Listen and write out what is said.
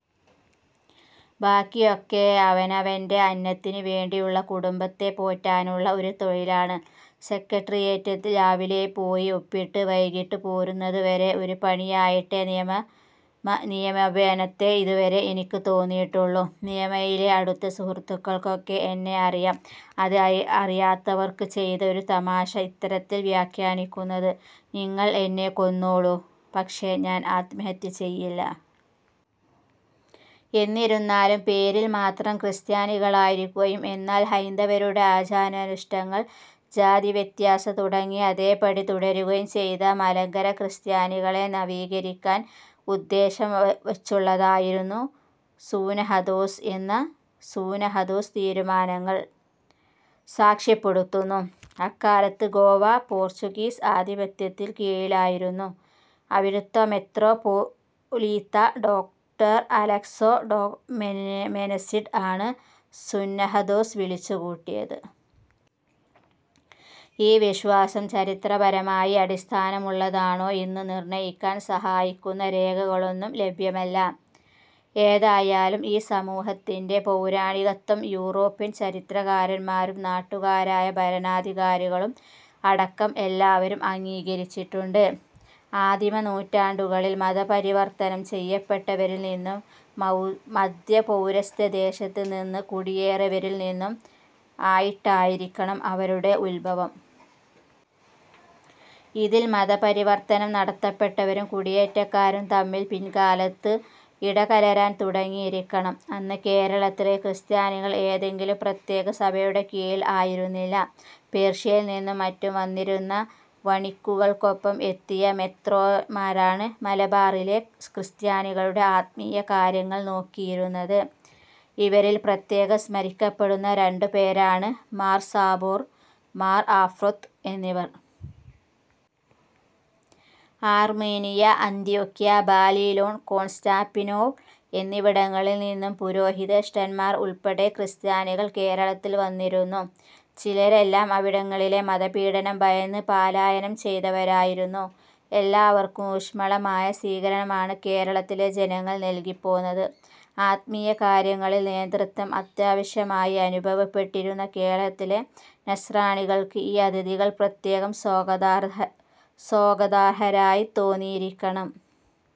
ബാക്കിയൊക്കെ അവനവൻറെ അന്നത്തിന് വേണ്ടിയുള്ള, കുടുംബത്തെ പോറ്റാനുള്ള ഒരു തൊഴിലാണ്. സെക്രട്ടേറിയറ്റിൽ രാവിലെ പോയി ഒപ്പിട്ട്, വൈകിട്ട് പോരുന്നതുവരെ പണിയായിട്ടേ സിനിമാഭിനയത്തെ ഇതുവരെ എനിക്ക് തോന്നിയിട്ടുള്ളൂ. സിനിമയിലെ അടുത്ത സുഹൃത്തുക്കൾക്കൊക്കെ എന്നെ അറിയാം. അത് അറിയാത്തവരാണ് ചെയ്ത ഒരു തമാശയെ ഇത്തരത്തിൽ വ്യാഖ്യാനിക്കുന്നത്. നിങ്ങൾ എന്നെ കൊന്നോളൂ, പക്ഷേ ഞാൻ ആത്മഹത്യ ചെയ്യില്ല. എന്നിരുന്നാലും പേരിൽമാത്രം ക്രിസ്ത്യാനികളായിരിക്കുകയും എന്നാൽ ഹൈന്ദവരുടെ ആചാരാനുഷ്ഠാനങ്ങൾ, ജാതിവ്യവസ്ഥ തുടങ്ങിയവ അതേപടി തുടരുകയും ചെയ്ത മലങ്കര ക്രിസ്ത്യാനികളെ നവീകരിക്കാൻ ഉദ്ദേശം വച്ചുള്ളതായിരുന്നു സൂനഹദോസ് എന്ന് സൂനഹദോസ് തീരുമാനങ്ങൾ സാക്ഷ്യപ്പെടുത്തുന്നു. അക്കാലത്ത് ഗോവ പോർച്ചുഗീസ് ആധിപത്യത്തിൻ കീഴിലായിരുന്നു. അവിടത്തെ മെത്രാപ്പോലീത്ത, ഡോ. അലെക്സൊ ഡെ മെനസിസ് ആണ് സുന്നഹദോസ് വിളിച്ചുകൂട്ടിയത്. ഈ വിശ്വാസം ചരിത്രപരമായി അടിസ്ഥാനമുള്ളതാണോ എന്നു നിർണ്ണയിക്കാൻ സഹായിക്കുന്ന രേഖകളൊന്നും ലഭ്യമല്ല. ഏതായാലും ഈ സമൂഹത്തിന്റെ പൗരാണികത്ത്വം യൂറോപ്യൻ ചരിത്രകാരന്മാരും നാട്ടുകാരായ ഭരണാധികാരികളും അടക്കം എല്ലാവരും അംഗീകരിച്ചിട്ടുണ്ട്. ആദിമ നൂറ്റാണ്ടുകളിൽ മതപരിവർത്തനം ചെയ്യപ്പെട്ടരിൽ നിന്നും മദ്ധ്യ പൗരസ്ത്യ ദേശത്ത് നിന്ന് കുടിയേറിയവരിൽ നിന്നും ആയിട്ടായിരിക്കണം അവരുടെ ഉത്ഭവം. ഇതിൽ മതപരിവർത്തനം നടത്തപ്പെട്ടവരും കുടിയേറ്റക്കാരും തമ്മിൽ പിൽക്കാലത്ത് ഇടകലരാൻ തുടങ്ങിയിരിക്കണം. അന്ന് കേരളത്തിലെ ക്രിസ്ത്യാനികൾ ഏതെങ്കിലും പ്രത്യേക സഭയുടെ കീഴിൽ ആയിരുന്നില്ല. പേർഷ്യയിൽ നിന്നും മറ്റും വന്നിരുന്ന വണിക്കുകൾക്കൊപ്പം എത്തിയ മെത്രാന്മാരാണ് മലബാറിലെ ക്രിസ്ത്യാനികളുടെ ആത്മീയ കാര്യങ്ങൾ നോക്കിയിരുന്നത്. ഇവരിൽ പ്രത്യേകം സ്മരിക്കപ്പെടുന്ന രണ്ടു പേരാണ് മാർ സാബോർ, മാർ ആഫ്രൊത്ത് എന്നിവർ. അർമേനിയ, അന്ത്യോക്ക്യ, ബാബിലോൺ, കോൺസ്റ്റാന്റിനോപ്പിൾ എന്നിവിടങ്ങളിൽ നിന്ന് പുരോഹിതശ്രേഷ്ഠന്മാർ ഉൾപ്പെടെ ക്രിസ്ത്യാനികൾ കേരളത്തിൽ വന്നിരുന്നു. ചിലരെല്ലം അവിടങ്ങളിലെ മത പീഡനം ഭയന്ന് പാലായനം ചെയ്തവരായിരുന്നു. എല്ലാവർക്കും ഊഷ്മളമായ സ്വീകരണമാണ് കേരളത്തിലെ ജനങ്ങൾ നൽകി പോന്നത്. ആത്മീയ കാര്യങ്ങളിൽ നേതൃത്വം അത്യാവശ്യമായി അനുഭവപ്പെട്ടിരുന്ന കേരളത്തിലെ നസ്രാണികൾക്ക് ഈ അതിഥികൾ പ്രത്യേകം സ്വാഗതാർഹരായി തോന്നിയിരിക്കണം.